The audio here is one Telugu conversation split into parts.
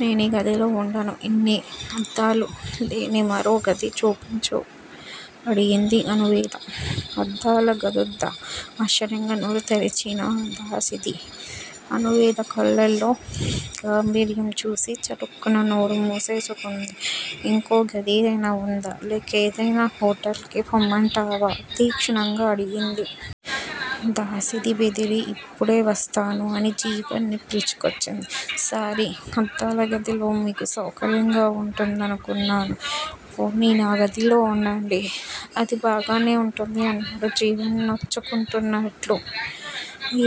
నేనీ గదిలో వుండను. ఇన్ని అద్దాలు లేని మరో గది చూపించు అడిగింది అణువేద. అద్దాలగదోద్దా! ఆశ్చర్యంగా నోరు తెరచిన దాసిది అణువేద కళ్ళలో గాంభీర్యం చూసి చటుక్కున నోరు ముసేసుకుంది. ఇంకో గదేదైనా వుందా? లేక ఏదైనా హొటల్ కి పొమ్మంటావా? తీక్షణంగా అడిగింది. దాసిది బెదిరి యిపుడే వస్తాను అని జీవన్ ని పిలుచుకొచ్చింది. సారి! అద్దాల గదిలో మీకు సౌకర్యంగా వుంటుదనుకున్నాను. పోనీ నా గదిలో వుండండి. అది బాగానే వుంటుంది. అన్నాడు జీవన్ నొచ్చుకుంటున్నట్లు.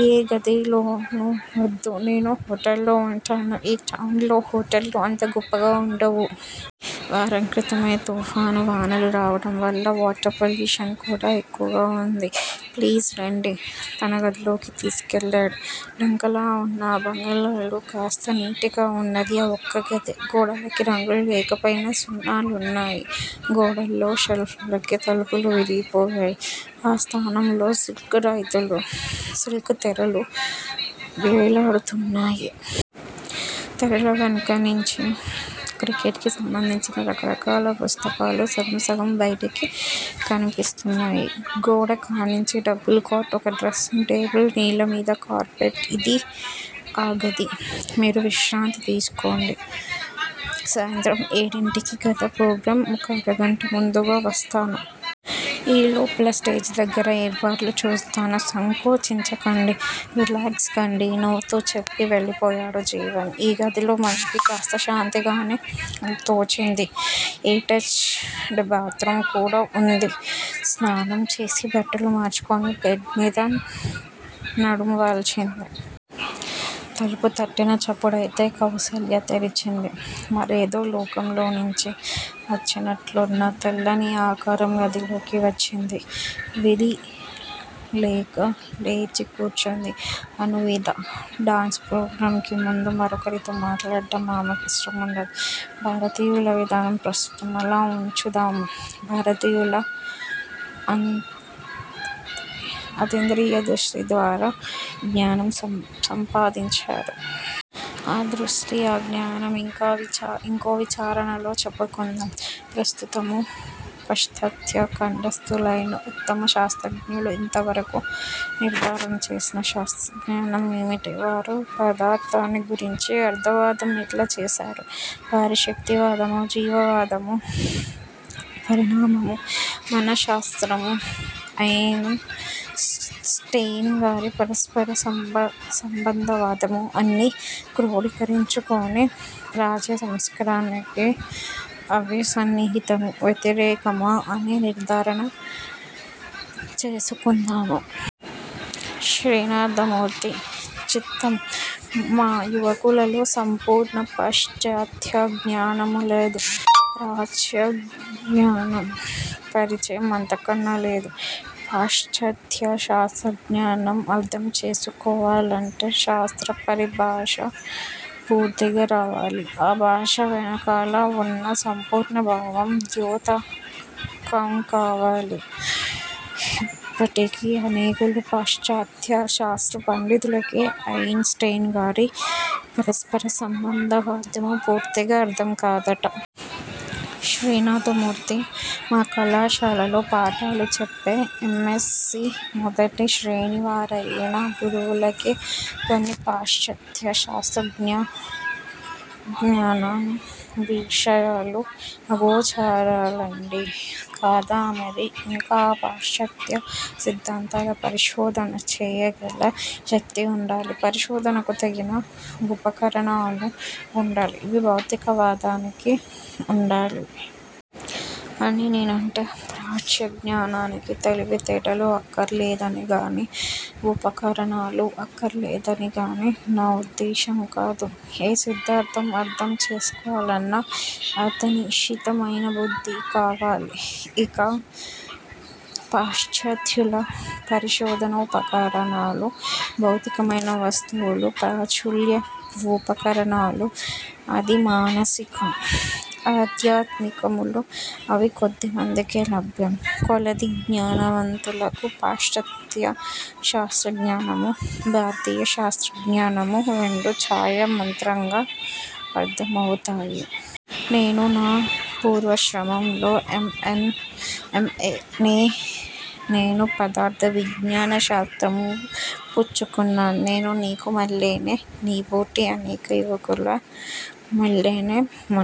ఏ గదిలోనూ వద్దు నేను హొటల్లో వుంటాను. ఈ టౌన్ లో హోటళ్ళు అంత గొప్పగా వుండవు. వారం క్రితమే తుఫాను వానలు రావడం వల్ల వాటర్ పోల్యుషన్ కూడా ఎక్కువగా వుంది ప్లీజ్ రండి. తన గదిలోకి తీసుకెళ్ళాడు. లంకలా వున్న అ బంగళాలో కాస్త నీట్ గా వున్నది ఆ వొక్క గదే గోడలకి రంగులు లేకపోయినా సున్నాలున్నాయి. గోడల్లో షెల్ఫులకి తలుపులు విరిగిపోయి ఆ స్థానంలో సిల్కు తెరలు వెళ్ళాడుతున్నాయి. తెరల వెనకనించి క్రికెట్ కి సంబంధించిన రకరకాల పుస్తకాలు సగం సగం బయటికి కనిపిస్తున్నాయి. గోడ కానించి డబుల్ కాట్, ఒక డ్రస్సింగ్ టేబిల్, నేల మీద కార్పెట్, ఇది ఆ గది. మీరు విశ్రాంతి తీసుకోండి. సాయంత్రం ఏడింటికి కదా ప్రోగ్రాం ఒక అరగంట ముందుగా వస్తాను. ఈ లోపల స్టేజి దగ్గర యేర్పాట్లు చూస్తాను. సంకోచించకండి. రిలాక్స్ కండి నవుతూ చెప్పి వెళ్లిపోయాడు జీవన్. ఈ గదిలో మనసుకి కాస్త శాంతిగానే తోచింది. ఎటాచ్ డ్ బాత్ రూమ్ కూడా వుంది. స్నానం చేసి బట్టలు మార్చుకుని బెడ్ మీద నడుం వాల్చింది. తలుపు తట్టిన చప్పుడైతే కౌసల్య తెరిచింది. మరేదో లోకంలోనించి వచ్చినట్లున్న తెల్లని ఆకారం గదిలోకి వచ్చింది. విధి లేక లేచి కూర్చుంది అణువేద. డాన్సు ప్రోగ్రాంకి ముందు మరొకరితో మాట్లాడటం ఆమెకి యిష్టముండదు. '' భారతీయుల విధానం ప్రస్తుతం అలా ఉంచుదాము. భారతీయులు అతీంద్రియదృష్టిద్వారా జ్ఞానం సంపాదించారు. ఆ దృష్టీ, ఆ జ్ఞానం ఇంకో విచారణలో చెప్పుకుందాం. ప్రస్తుతము పాశ్చాత్య ఖండస్థులైన ఉత్తమశాస్త్రజ్ఞులు ఇంతవరకు నిర్దారణచేసిన శాస్త్రజ్ఞానం ఏమిటి? వారు పదార్ధాన్ని గురించి అర్ధవాదం ఎట్లాచేశారు? వారి శక్తివాదము, జీవవాదము, పరిణామము, మనశ్శాస్త్రము, ఆయిన్ స్టెయిన్ గారి పరస్పర సంభందవాదము, అన్నీ క్రోడీకరించుకొని, ప్రాచ్యసంస్కారానికి అవి సన్నిహితమూ, వ్యతిరేకమా అనేవి నిర్ధారణ చేసుకుందాము. '' శ్రీనాథమూర్తి: చిత్తం. మా యువకులలో సంపూర్ణ పాశ్చాత్య జ్ఞానమూలేదు, ప్రాచ్యజ్ఞాన పరిచయం అంతకన్నా లేదు. '' పాశ్చాత్య శాస్త్రజ్ఞానం అర్ధంచేసుకోవాలంటే, శాస్త్ర పరిభాష పూర్తిగా రావాలి. అ భాషవెనకాల వున్న సంపూర్ణభావం ద్యోతకంకావాలి. ఇప్పటికి అనేకులు పాశ్చాత్య శాస్త్ర పండితులకే ఆయిన్ స్టెయినుగారి పరస్పర సంబంధవాదము పూర్తిగా అర్ధంకాదట! '' శ్రీనాథమూర్తి: మా కళాశాలలో పాఠాలు చెప్పే ఎమ్. ఎస్. సి మొదటి శ్రేణివారయిన గురువులకే కొన్ని పాశ్చాత్య శాస్త్రజ్ఞాన విషయాలు అగోచరాలండీ. '' కాదామరి, ఇంక ఆ పాశ్చాత్య సిద్దాంతాల పరిశోధన చేయగల శక్తివుండాలి. పరిశోధనకు తగిన వుపకరణాలు వుండాలి. ఇవి భౌతిక వాదానికి వుండాలి. అని నేనంటే, ప్రాచ్యజ్ఞానానికి తెలివితేటలు అక్కరలేదని గాని, వుపకరణాలు అక్కరలేదనిగాని నా ఉద్దేశంకాదు. ఏ సిద్దాంతం అర్ధం చేసుకోవాలన్నా అతినిశితమైనబుద్ది కావాలి. ఇంక పాశ్చత్యుల పరిశోధనోపకరణాలు, భౌతికమైన వస్తువులు, ప్రాచ్యుల వుపకరణాలు అధిమానసిక, ఆధ్యాత్మికములు. అవి కొద్దిమందికే లభ్యం. కొలదిజ్ఞానవంతులకు పాశ్చాత్య శాస్త్రజ్ఞానమూ, భారతీయ శాస్త్రజ్ఞానమూ రెండూ ఛాయామాత్రంగా అర్ధం అవుతాయి. నేను నా పూర్వాశ్రమంలో ఎమ్. ఏ. నే. నేను పదార్ద విజ్ఞానశాస్త్రము పుచ్చుకున్నాను. నేనూ నీకుమల్లేనె నీబోటి అనేక యువకుల మల్లేనే మన